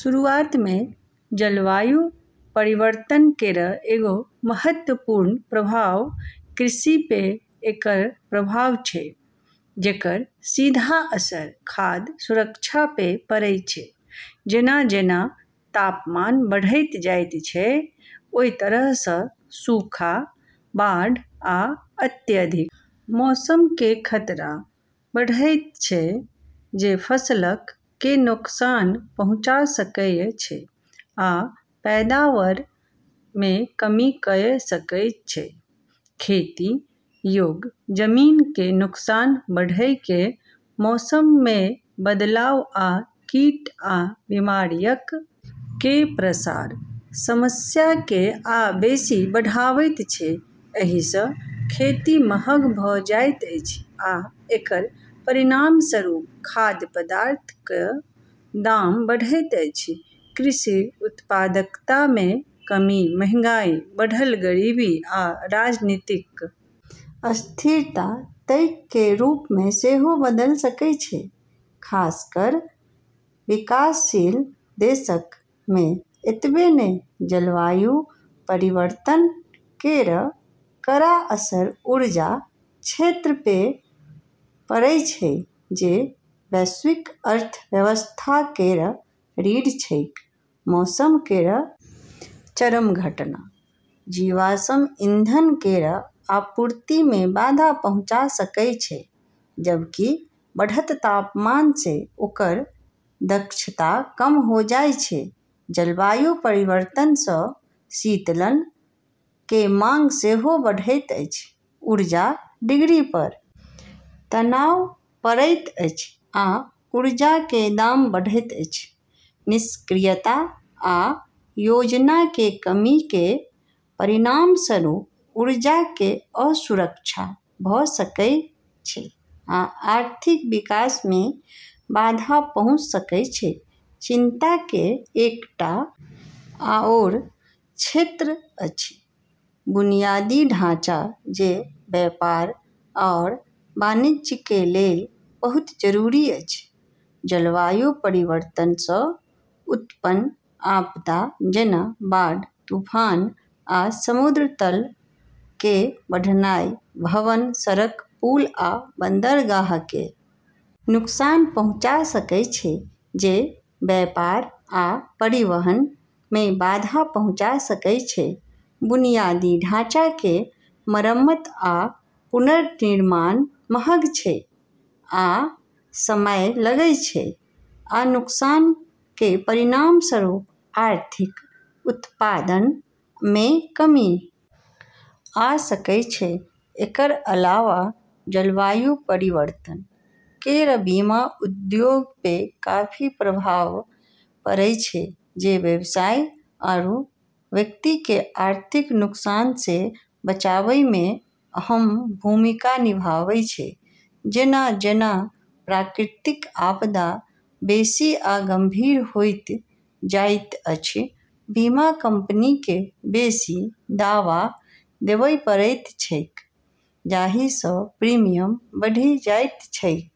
शुरूआत मे जलवायु परिवर्तन केरऽ एगो महत्वपूर्ण प्रभाव कृषि पे एकरऽ प्रभाव छै जेकरऽ सीधा असर खाद्य सुरक्षा पे पड़ै छै जेना-जेना तापमान बढ़एयत जायत छै, ओय तरह सं सूखा, बाढ़ आ अत्यधिक मौसम कें खतरा बढ़एयत छै जे फसलक कें नुकसान पहुंचा सकएय छै आ पैदावार मे कमी कयर सकएय छै, खेती योग्य जमीन कें नुकसान बढ़य कें मौसम मे बदलाव आ कीट आ बीमारियक कें प्रसार समस्या कें आ बेसि बढ़ाबैत छै, एहि स खेती महग भ जाइत अछि आ एकर परिणामस्वरूप खाद्य पदार्थ क दाम बढ़ैत अछि, कृषि उत्पादकता मे कमी महंगाई, बढ़ल गरीबी आ राजनीतिक अस्थिरता तइक कें रूप मे सेहो बदल सकय छै, खासकर विकासशील देशक मे एतबे नै जलवायु परिवर्तन केरऽ कड़ा असर ऊर्जा क्षेत्र पे पड़ै छै जे वैश्विक अर्थव्यवस्था केरऽ रीढ़ छेकै, मौसम केरऽ चरम घटना जीवाश्म ईंधन केरऽ आपूर्ति मे बाधा पहुँचा सकै छै, जबकि बढ़तऽ तापमान से ओकरऽ दक्षता कम होय जाय छै, जलवायु परिवर्तन सं शीतलन के मांग सेहो बढ़ैत अछि, ऊर्जा ग्रिड पर तनाव पड़ैत अछि आ ऊर्जा के दाम बढ़ैत अछि, निष्क्रियता आ योजना कें कमी कें परिणामस्वरूप ऊर्जा कें असुरक्षा भ सकय छै आ आर्थिक विकास मे बाधा पहुंच सकय छै, चिंता के एकटा आओर क्षेत्र अछि बुनियादी ढांचा जे व्यापार आओर वाणिज्य के लेल बहुत जरूरी अछि, जलवायु परिवर्तन सं उत्पन्न आपदा जेना बाढ़, तूफान आ समुद्र तल कें बढ़नाय भवन, सड़क, पुल आ बंदरगाह कें नुकसान पहुंचा सकएय छै जे व्यापार आ परिवहन मे बाधा पहुंचा सकएय छै, बुनियादी ढाँचा कें मरम्मत आ पुनर्निर्माण महग छै आ समय लगै छै आ नुकसान कें परिणामस्वरूप आर्थिक उत्पादन मे कमी आ सकय छै, एकरऽ अलावा जलवायु परिवर्तन केरऽ बीमा उद्योग पे काफी प्रभाव पड़ै छै जे व्यवसाय आरू व्यक्ति के आर्थिक नुकसान से बचाबै मे अहम भूमिका निभाबै छै जेना-जेना प्राकृतिक आपदा बेसी आ गंभीर होइत जाइत अछि, बीमा कंपनी कें बेसी दावा देबय पड़ैत छैक जाहि सं प्रीमियम बढ़ि जाइत छैक।